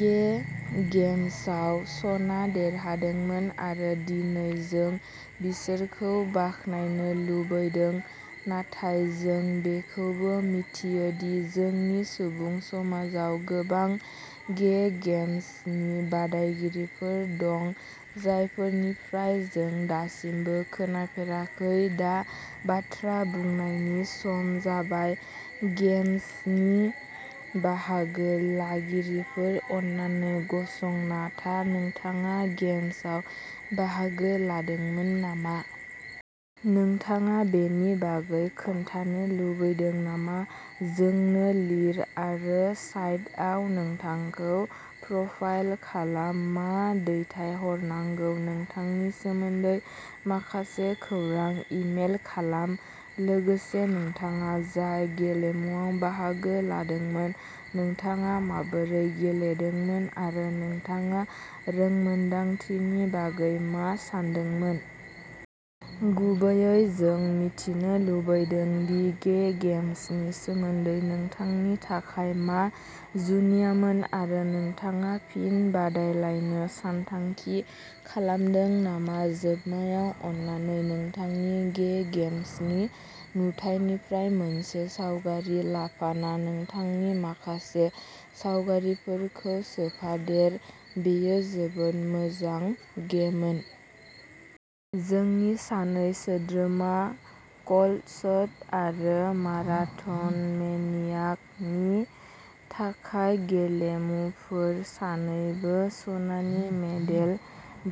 गे गेम्सआव सना देरहादोंमोन आरो दिनै जों बिसोरखौ बाख्नायनो लुबैदों नाथाय जों बेखौबो मिथियो दि जोंनि सुबुं समाजाव गोबां गे गेम्सनि बादायगिरिफोर दं, जायफोरनिफ्राय जों दासिमबो खोनाफेराखै दा बाथ्रा बुंनायनि सम जाबाय। गेम्सनि बाहागो लागिरिफोर अन्नानै गसंना था नोंथाङा गेम्सआव बाहागो लादोंमोन नामा? नोंथाङा बेनि बागै खोन्थानो लुबैदों नामा? जोंनो लिर आरो साइटआव नोंथांखौ प्रफाइल खालाम मा दैथायहरनांगौ नोंथांनि सोमोन्दै माखासे खौरां इमेल खालाम, लोगोसे नोंथाङा जाय गेलेमुआव बाहागो लादोंमोन नोंथाङा माबोरै गेलेदोंमोन आरो नोंथाङा रोंमोन्दांथिनि बागै मा सानदोंमोन। गुबैयै जों मिथिनो लुबैदों दि गे गेम्सनि सोमोन्दै नोंथांनि थाखाय मा जुनियामोन आरो नोंथाङा फिन बादायलायनो सानथांखि खालामदों नामा जोबनायाव अन्नानै नोंथांनि गे गेम्सनि नुथाइनिफ्राय मोनसे सावगारि लाफाना नोंथांनि माखासे सावगारिफोरखौ सोफादेर बेयो जोबोद मोजां गेमोन। जोंनि सानै सोद्रोमा, कल्ट्सड आरो माराथनमेनियाक नि थाखाय गेलेमुफोर सानैबो सनानि मेडेल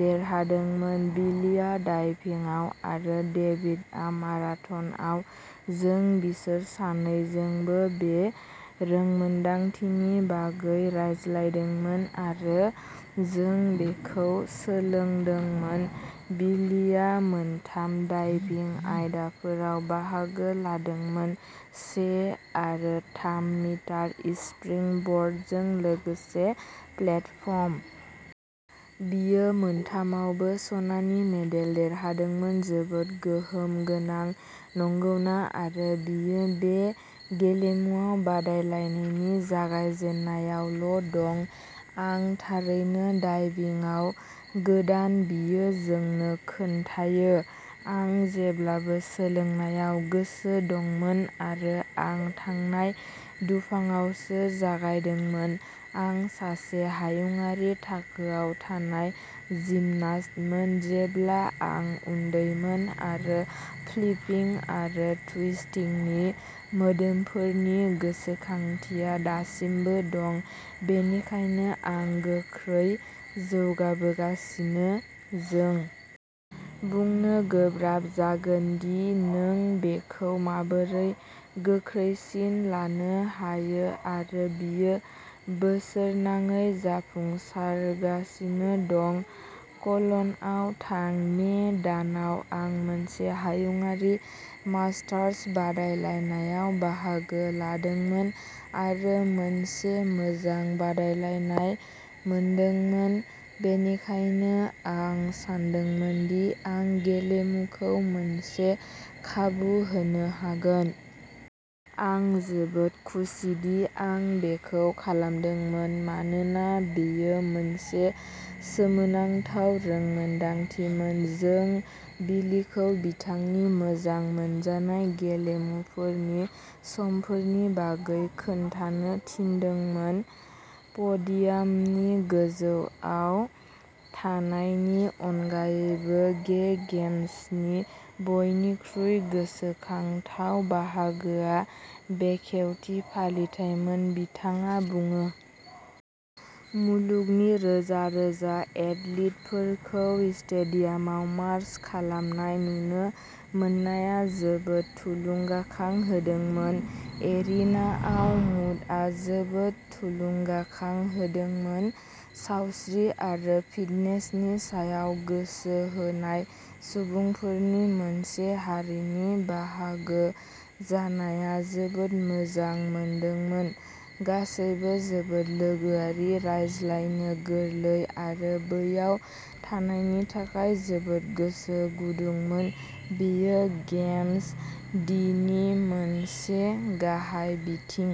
देरहादोंमोन बिलीया डाइभिंआव आरो डेविडआ माराथनआव। जों बिसोर सानैजोंबो बे रोंमोन्दांथिनि बागै रायज्लायदोंमोन आरो जों बेखौ सोलोंदोंमोन। बिलीया मोनथाम डाइभिं आयदाफोराव बाहागो लादोंमोन से आरो थाम मिटार स्प्रिंगबर्डजों लोगोसे प्लेटफर्म। बियो मोनथामावबो सनानि मेडेल देरहादोंमोन जोबोद गोहोम गोनां नंगौना आरो बियो बे गेलेमुआव बादायलायनायनि जागायजेननायावल'दं। आं थारैनो डाइविंगआव गोदान बियो जोंनो खोन्थायो। आं जेब्लाबो सोलोंनायाव गोसो दंमोन आरो आं थांनाय दुफांआवसो जागायदोंमोन। आं सासे हायुंआरि थाखोआव थानाय जिमनास्टमोन जेब्ला आं उन्दैमोन आरो फ्लिपिं आरो टुइस्टिंनि मोदोमफोरनि गोसोखांथिया दासिमबो दं, बेनिखायनो आं गोख्रै जौगाबोगासिनो। जों बुंनो गोब्राब जागोन दि नों बेखौ माबोरै गोख्रैसिन लानो हायोआरो बियो बोसोरनाङै जाफुंसारगासिनो दं। कल'नआव थां। "मे दानाव आं मोनसे हायुंआरि मास्टार्स बादायलायनायाव बाहागो लादोंमोन आरो मोनसे मोजां बादायलायनाय मोनदोंमोन, बेनिखायनो आं सानदोंमोन दि आं गेलेमुखौ मोनसे खाबु होनो हागोन। आं जोबोद खुसिदि आं बेखौ खालामदोंमोन मानोना बेयो मोनसे सोमोनांथाव रोंमोनदांथिमोन।" जों बिलीखौ बिथांनि मोजां मोनजानाय गेलेमुफोरनि समफोरनि बागै खोन्थानो थिनदोंमोन। "प'डियामनि गोजौआव थानायनि अनगायैबो, गे गेम्सनि बयनिख्रुइ गोसोखांथाव बाहागोआ बेखेवथि फालिथाइमोन", बिथाङा बुङो। "मुलुगनि रोजा-रोजा एथलीटफोरखौ स्टेडियामाव मार्च खालामनाय नुनो मोननाया जोबोद थुलुंगाखां होदोंमोन। एरिनाआव मुडआ जोबोद थुलुंगाखां होदोंमोन। सावस्रि आरो फिटनेसनि सायाव गोसो होनाय सुबुंफोरनि मोनसे हारिनि बाहागो जानाया जोबोद मोजां मोनदोंमोन। गासैबो जोबोद लोगोआरि, रायज्लायनो गोरलै आरो बैयाव थानायनि थाखाय जोबोद गोसो गुदुंमोन।" बेयो गेम्स-दिनि मोनसे गाहाय बिथिं।